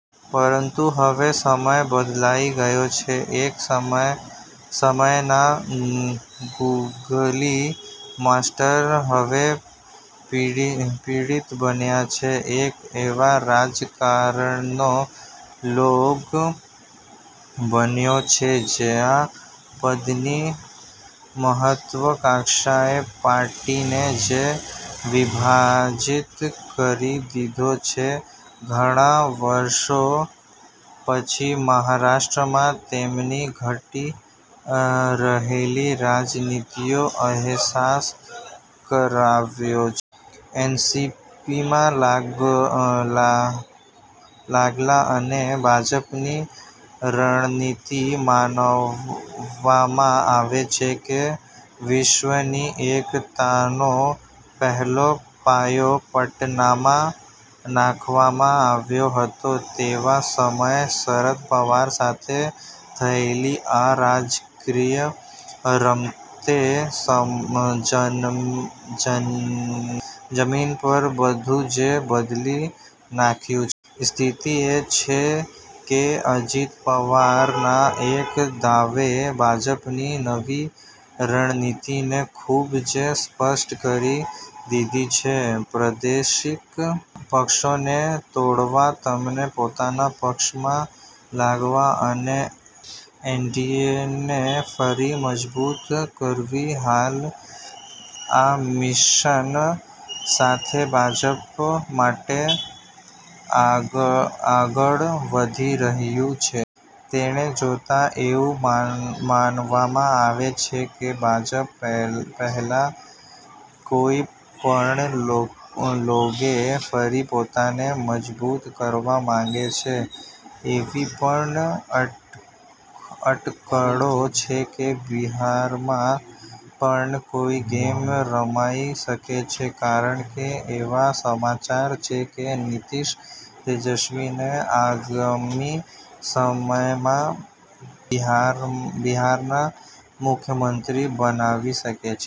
પરંતુ હવે સમય બદલાઈ ગયો છે. એક સમયના ગુગલી માસ્ટર હવે પીડિત બન્યા છે. એક એવા રાજકારણનો ભોગ બન્યો છે જ્યાં પદની મહત્વાકાંક્ષાએ પાર્ટીને જ વિભાજિત કરી દીધી છે. ઘણા વર્ષો પછી મહારાષ્ટ્રમાં તેમની ઘટી રહેલી રાજનીતિનો અહેસાસ કરાવ્યો છે. એનસીપીમાં ભાગલા અને ભાજપની રણનીતિ માનવામાં આવે છે કે વિપક્ષની એકતાનો પહેલો પાયો પટનામાં નાખવામાં આવ્યો હતો. તેવા સમયે શરદ પવાર સાથે થયેલી આ રાજકીય રમતે જમીન પર બધું જ બદલી નાખ્યું છે. સ્થિતિ એ છે કે અજિત પવારના એક દાવે ભાજપની નવી રણનીતિને ખૂબ જ સ્પષ્ટ કરી દીધી છે. પ્રાદેશિક પક્ષોને તોડવા, તેમને પોતાના પક્ષમાં લાવવા અને એનડીએને ફરી મજબૂત કરવું. હાલ આ મિશન સાથે ભાજપ માટે આગળ વધી રહ્યું છે. તેને જોતાં એવું માનવામાં આવે છે કે ભાજપ પહેલાં કોઈ પણ ભોગે ફરી પોતાને મજબૂત કરવા માગે છે. એવી પણ અટકળો છે કે બિહારમાં પણ કોઈ ગેમ રમાઇ શકે છે. કારણ કે એવા સમાચાર છે કે નીતિશ તેજસ્વીને આગામી સમયમાં બિહારના મુખ્યમંત્રી બનાવી શકે છે.